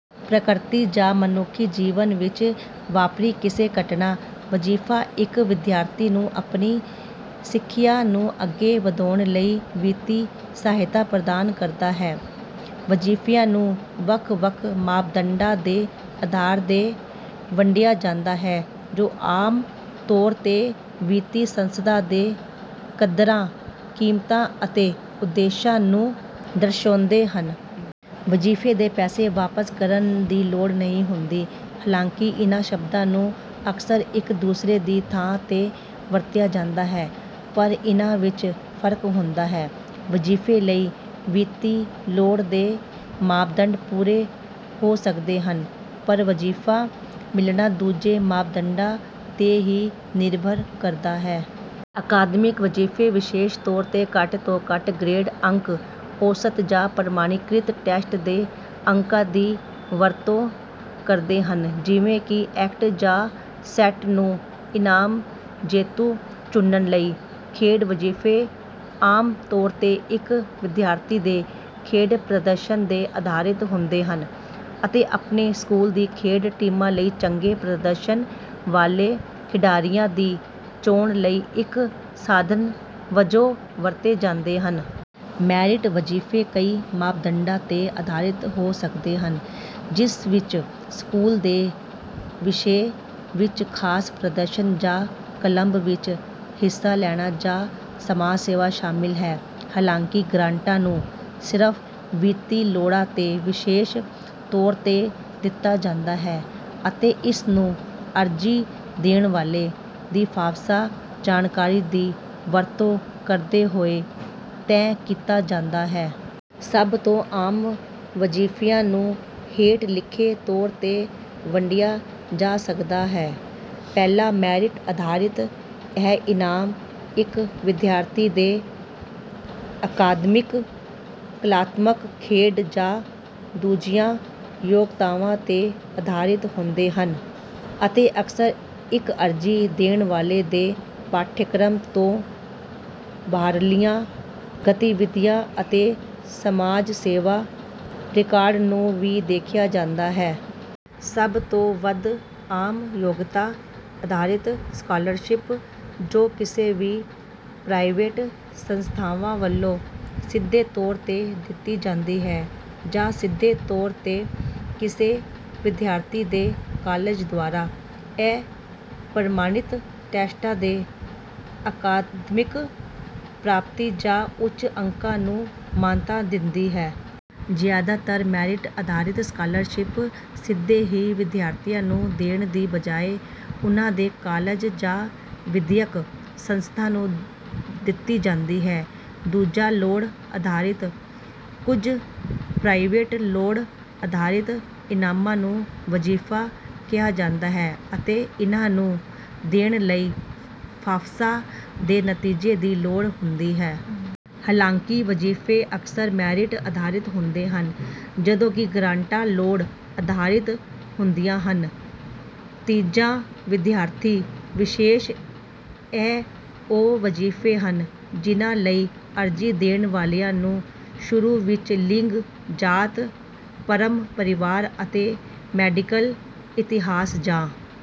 ਪ੍ਰਕਿਰਤੀ ਜਾਂ ਮਨੁੱਖੀ ਜੀਵਨ ਵਿੱਚ ਵਾਪਰੀ ਕਿਸੇ ਘਟਨਾ। ਵਜੀਫਾ ਇੱਕ ਵਿਦਿਆਰਥੀ ਨੂੰ ਆਪਣੀ ਸਿੱਖਿਆ ਨੂੰ ਅੱਗੇ ਵਧਾਉਣ ਲਈ ਵਿੱਤੀ ਸਹਾਇਤਾ ਪ੍ਰਦਾਨ ਕਰਦਾ ਹੈ। ਵਜੀਫਿਆਂ ਨੂੰ ਵੱਖ ਵੱਖ ਮਾਪਦੰਡਾਂ ਦੇ ਆਧਾਰ ਤੇ ਵੰਡਿਆ ਜਾਂਦਾ ਹੈ, ਜੋ ਆਮ ਤੌਰ ਤੇ ਵਿੱਤੀ ਸੰਸਥਾ ਦੇ ਕਦਰਾਂ ਕੀਮਤਾਂ ਅਤੇ ਉਦੇਸ਼ਾਂ ਨੂੰ ਦਰਸਾਉਂਦੇ ਹਨ। ਵਜੀਫੇ ਦੇ ਪੈਸੇ ਵਾਪਸ ਕਰਨ ਦੀ ਲੋੜ ਨਹੀਂ ਹੁੰਦੀ। ਹਾਲਾਂਕਿ ਇਨ੍ਹਾਂ ਸ਼ਬਦਾਂ ਨੂੰ ਅਕਸਰ ਇੱਕ ਦੂਸਰੇ ਦੀ ਥਾਂ ਤੇ ਵਰਤਿਆ ਜਾਂਦਾ ਹੈ, ਪਰ ਇਨ੍ਹਾਂ ਵਿੱਚ ਫਰਕ ਹੁੰਦਾ ਹੈ। ਵਜੀਫੇ ਲਈ ਵਿੱਤੀ ਲੋੜ ਦੇ ਮਾਪਦੰਡ ਪੂਰੇ ਹੋ ਸਕਦੇ ਹਨ ਪਰ ਵਜੀਫਾ ਮਿਲਣਾ ਦੂਜੇ ਮਾਪਦੰਡਾਂ ਤੇ ਵੀ ਨਿਰਭਰ ਕਰਦਾ ਹੈ। ਅਕਾਦਮਿਕ ਵਜੀਫੇ ਵਿਸ਼ੇਸ਼ ਤੌਰ ਤੇ ਘੱਟ ਤੋਂ ਘੱਟ ਗਰੇਡ ਅੰਕ ਔਸਤ ਜਾਂ ਪ੍ਰਮਾਣੀਕ੍ਰਿਤ ਟੈਸਟ ਦੇ ਅੰਕਾਂ ਦੀ ਵਰਤੋਂ ਕਰਦੇ ਹਨ ਜਿਵੇਂ ਕਿ ਐਕਟ ਜਾਂ ਸੈਟ ਨੂੰ ਇਨਾਮ ਜੇਤੂ ਚੁਣਨ ਲਈ। ਖੇਡ ਵਜੀਫੇ ਆਮ ਤੌਰ ਤੇ ਇੱਕ ਵਿਦਿਆਰਥੀ ਦੇ ਖੇਡ ਪ੍ਰਦਰਸ਼ਨ ਤੇ ਆਧਾਰਿਤ ਹੁੰਦੇ ਹਨ ਅਤੇ ਆਪਣੇ ਸਕੂਲ ਦੀ ਖੇਡ ਟੀਮਾਂ ਲਈ ਚੰਗੇ ਪ੍ਰਦਰਸ਼ਨ ਵਾਲੇ ਖਿਡਾਰੀਆਂ ਦੀ ਚੋਣ ਲਈ ਇੱਕ ਸਾਧਨ ਵਜੋਂ ਵਰਤੇ ਜਾਂਦੇ ਹਨ। ਮੈਰਿਟ ਵਜੀਫੇ ਕਈ ਮਾਪਦੰਡਾਂ ਤੇ ਆਧਾਰਿਤ ਹੋ ਸਕਦੇ ਹਨ, ਜਿਸ ਵਿੱਚ ਸਕੂਲ ਦੇ ਵਿਸ਼ੇ ਵਿੱਚ ਖਾਸ ਪ੍ਰਦਰਸ਼ਨ ਜਾਂ ਕਲੱਬ ਵਿੱਚ ਹਿੱਸਾ ਲੈਣਾ ਜਾਂ ਸਮਾਜ ਸੇਵਾ ਸ਼ਾਮਿਲ ਹੈ। ਹਾਲਾਂਕਿ, ਗ੍ਰਾਂਟਾਂ ਨੂੰ ਸਿਰਫ ਵਿੱਤੀ ਲੋੜਾਂ ਤੇ ਵਿਸ਼ੇਸ਼ ਤੌਰ ਤੇ ਦਿੱਤਾ ਜਾਂਦਾ ਹੈ ਅਤੇ ਇਸਨੂੰ ਅਰਜ਼ੀ ਦੇਣ ਵਾਲੇ ਦੀ ਫਾਫਸਾ ਜਾਣਕਾਰੀ ਦੀ ਵਰਤੋਂ ਕਰਦੇ ਹੋਏ ਤੈਅ ਕੀਤਾ ਜਾਂਦਾ ਹੈ। ਸਭ ਤੋਂ ਆਮ ਵਜੀਫਿਆਂ ਨੂੰ ਹੇਠ ਲਿਖੇ ਤੌਰ ਤੇ ਵੰਡਿਆ ਜਾ ਸਕਦਾ ਹੈ ਪਹਿਲਾ ਮੈਰਿਟ ਆਧਾਰਿਤ ਇਹ ਇਨਾਮ ਇੱਕ ਵਿਦਿਆਰਥੀ ਦੇ ਅਕਾਦਮਿਕ, ਕਲਾਤਮਕ, ਖੇਡ ਜਾਂ ਦੂਜੀਆਂ ਯੋਗਤਾਵਾਂ ਤੇ ਆਧਾਰਿਤ ਹੁੰਦੇ ਹਨ, ਅਤੇ ਅਕਸਰ ਇੱਕ ਅਰਜ਼ੀ ਦੇਣ ਵਾਲੇ ਦੇ ਪਾਠਕ੍ਰਮ ਤੋਂ ਬਾਹਰਲੀਆਂ ਗਤੀਵਿਧੀਆਂ ਅਤੇ ਸਮਾਜ ਸੇਵਾ ਰਿਕਾਰਡ ਨੂੰ ਵੀ ਦੇਖਿਆ ਜਾਂਦਾ ਹੈ। ਸਭ ਤੋਂ ਵੱਧ ਆਮ ਯੋਗਤਾ-ਆਧਾਰਿਤ ਸਕਾਲਰਸ਼ਿਪ, ਜੋ ਕਿਸੇ ਵੀ ਪ੍ਰਾਈਵੇਟ ਸੰਸਥਾਵਾਂ ਵੱਲੋਂ ਸਿੱਧੇ ਤੌਰ ਤੇ ਦਿੱਤੀ ਜਾਂਦੀ ਹੈ ਜਾਂ ਸਿੱਧੇ ਤੌਰ ਤੇ ਕਿਸੇ ਵਿਦਿਆਰਥੀ ਦੇ ਕਾਲਜ ਦੁਆਰਾ, ਇਹ ਪ੍ਰਮਾਣਿਤ ਟੈਸਟਾਂ ਤੇ ਅਕਾਦਮਿਕ ਪ੍ਰਾਪਤੀ ਜਾਂ ਉੱਚ ਅੰਕਾਂ ਨੂੰ ਮਾਨਤਾ ਦਿੰਦੀ ਹੈ। ਜ਼ਿਆਦਾਤਰ ਮੈਰਿਟ-ਆਧਾਰਿਤ ਸਕਾਲਰਸ਼ਿਪ ਸਿੱਧੇ ਹੀ ਵਿਦਿਆਰਥੀਆਂ ਨੂੰ ਦੇਣ ਦੀ ਬਜਾਏ ਉਨ੍ਹਾਂ ਦੇ ਕਾਲਜ ਜਾਂ ਵਿਦਿਅਕ ਸੰਸਥਾ ਨੂੰ ਦਿੱਤੀ ਜਾਂਦੀ ਹੈ। ਦੂਜਾ ਲੋੜ-ਆਧਾਰਿਤ: ਕੁਝ ਪ੍ਰਾਈਵੇਟ ਲੋੜ ਆਧਾਰਿਤ ਇਨਾਮਾਂ ਨੂੰ ਵਜੀਫਾ ਕਿਹਾ ਜਾਂਦਾ ਹੈ, ਅਤੇ ਇਹਨਾਂ ਨੂੰ ਦੇਣ ਲਈ ਫਾਫਸਾ ਦੇ ਨਤੀਜੇ ਦੀ ਲੋੜ ਹੁੰਦੀ ਹੈ। ਹਾਲਾਂਕਿ, ਵਜੀਫੇ ਅਕਸਰ ਮੈਰਿਟ ਆਧਾਰਿਤ ਹੁੰਦੇ ਹਨ, ਜਦੋਂ ਕਿ ਗ੍ਰਾਂਟਾਂ ਲੋੜ ਆਧਾਰਿਤ ਹੁੰਦੀਆਂ ਹਨ। ਤੀਜਾ ਵਿਦਿਆਰਥੀ-ਵਿਸ਼ੇਸ਼ ਇਹ ਉਹ ਵਜੀਫੇ ਹਨ ਜਿਨ੍ਹਾਂ ਲਈ ਅਰਜ਼ੀ ਦੇਣ ਵਾਲਿਆਂ ਨੂੰ ਸ਼ੁਰੂ ਵਿੱਚ ਲਿੰਗ, ਜਾਤ, ਧਰਮ, ਪਰਿਵਾਰ ਅਤੇ ਮੈਡੀਕਲ ਇਤਿਹਾਸ, ਜਾਂ